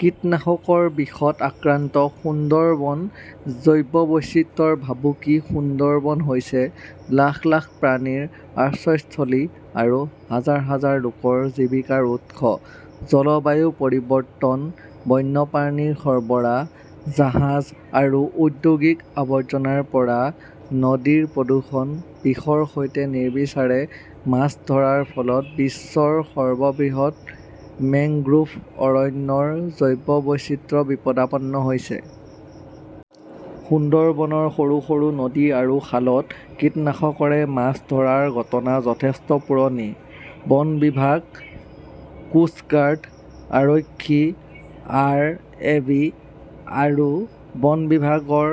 কীটনাশকৰ বিষত আক্ৰান্ত সুন্দৰবন, জৈৱ বৈচিত্ৰ্যৰ ভাবুকি সুন্দৰবন হৈছে লাখ- লাখ প্ৰাণীৰ আশ্ৰয়স্থলী আৰু হাজাৰ- হাজাৰ লোকৰ জীৱিকাৰ উৎস। জলবায়ু পৰিৱৰ্তন, বন্যপ্ৰাণীৰ সৰবৰাহ, জাহাজ আৰু ঔদ্যোগিক আৱৰ্জনাৰ পৰা নদীৰ প্ৰদূষণ, বিষৰ সৈতে নিৰ্বিচাৰে মাছ ধৰাৰ ফলত বিশ্বৰ সৰ্ববৃহৎ মেংগ্ৰোভ অৰণ্যৰ জৈৱ বৈচিত্ৰ্য বিপদাপন্ন হৈছে। সুন্দৰবনৰ সৰু -সৰু নদী আৰু খালত কীটনাশকৰে মাছ ধৰাৰ ঘটনা যথেষ্ট পুৰণি। বন বিভাগ, কোষ্ট গাৰ্ড, আৰক্ষী, আৰএবি আৰু বন বিভাগৰ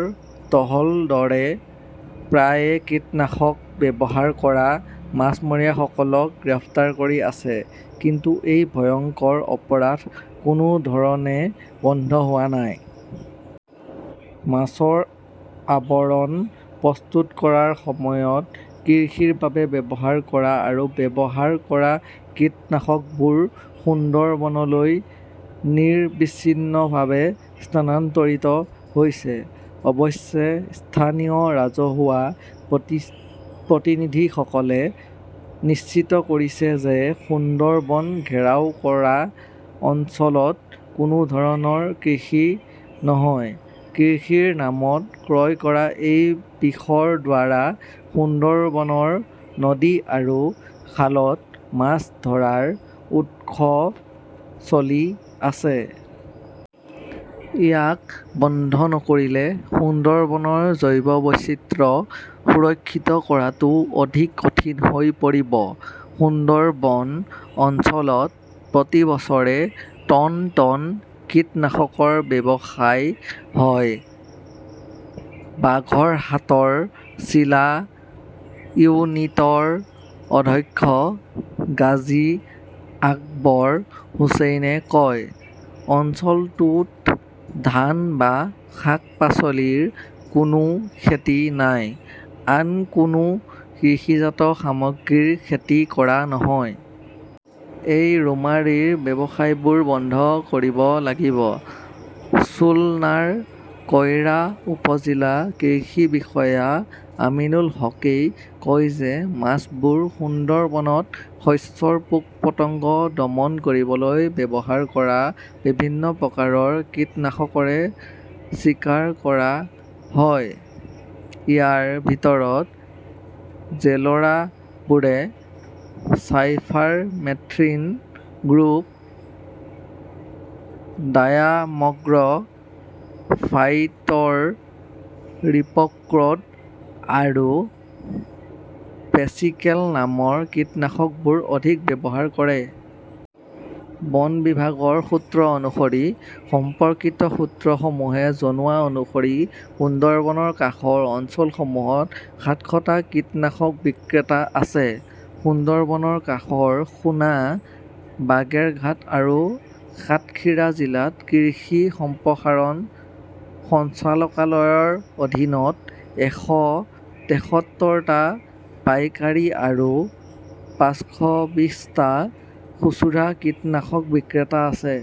টহল দৰে প্ৰায়ে কীটনাশক ব্যৱহাৰ কৰা মাছমৰীয়াসকলক গ্ৰেপ্তাৰ কৰি আছে। কিন্তু এই ভয়ংকৰ অপৰাধ কোনো ধৰণে বন্ধ হোৱা নাই। মাছৰ আৱৰণ প্ৰস্তুত কৰাৰ সময়ত কৃষিৰ বাবে ব্যৱহাৰ কৰা আৰু ব্যৱহাৰ কৰা কীটনাশকবোৰ সুন্দৰবনলৈ নিৰবিচ্ছিন্নভাৱে স্থানান্তৰিত হৈছে। অৱশ্যে স্থানীয় ৰাজহুৱা প্ৰতিচ প্ৰতিনিধিসকলে নিশ্চিত কৰিছে যে সুন্দৰবন ঘেৰাও কৰা অঞ্চলত কোনো ধৰণৰ কৃষি নহয়। কৃষিৰ নামত ক্ৰয় কৰা এই বিষৰ দ্বাৰা সুন্দৰবনৰ নদী আৰু খালত মাছ ধৰাৰ উৎসৱ চলি আছে। ইয়াক বন্ধ নকৰিলে সুন্দৰবনৰ জৈৱ বৈচিত্ৰ্য সুৰক্ষিত কৰাটো অধিক কঠিন হৈ পৰিব। সুন্দৰবন অঞ্চলত প্ৰতি বছৰে টন -টন কীটনাশকৰ ব্যৱসায় হয়, বাঘৰহাটৰ চিলা ইউনিটৰ অধ্যক্ষ গাজী আকবৰ হুচেইনে কয়। অঞ্চলটোত ধান বা শাক-পাচলিৰ কোনো খেতি নাই, আন কোনো কৃষিজাত সামগ্ৰীৰ খেতি কৰা নহয়। এই ৰোমাৰী ব্যৱসায়বোৰ বন্ধ কৰিব লাগিব। চুলনাৰ কইৰা উপ-জিলা কৃষি বিষয়া আমিনুল হকেই কয় যে মাছবোৰ সুন্দৰবনত শস্যৰ পোক-পতংগ দমন কৰিবলৈ ব্যৱহাৰ কৰা বিভিন্ন প্ৰকাৰৰ কীটনাশকৰে চিকাৰ কৰা হয়। ইয়াৰ ভিতৰত, জেলৰাবোৰে চাইফাৰমেথ্ৰিন গ্ৰুপ, ডায়ামগ্ৰ ', ফাইটৰ, ৰিপক্ৰৰ্ড আৰু পেচিকেল নামৰ কীটনাশকবোৰ অধিক ব্যৱহাৰ কৰে। বন বিভাগৰ সূত্ৰ অনুসৰি, সম্পৰ্কিত সূত্ৰসমূহে জনোৱা অনুসৰি সুন্দৰবনৰ কাষৰ অঞ্চলসমূহত সাতশ টা কীটনাশক বিক্ৰেতা আছে, সুন্দৰবনৰ কাষৰ খুনা, বাগেৰঘাট আৰু সাতখিৰা জিলাত কৃষি সম্প্ৰসাৰণ সঞ্চালকালয়ৰ অধীনত এশ তেসত্তৰ টা পাইকাৰী আৰু পাঁচশবিছটা খুচুৰা কীটনাশক বিক্ৰেতা আছে।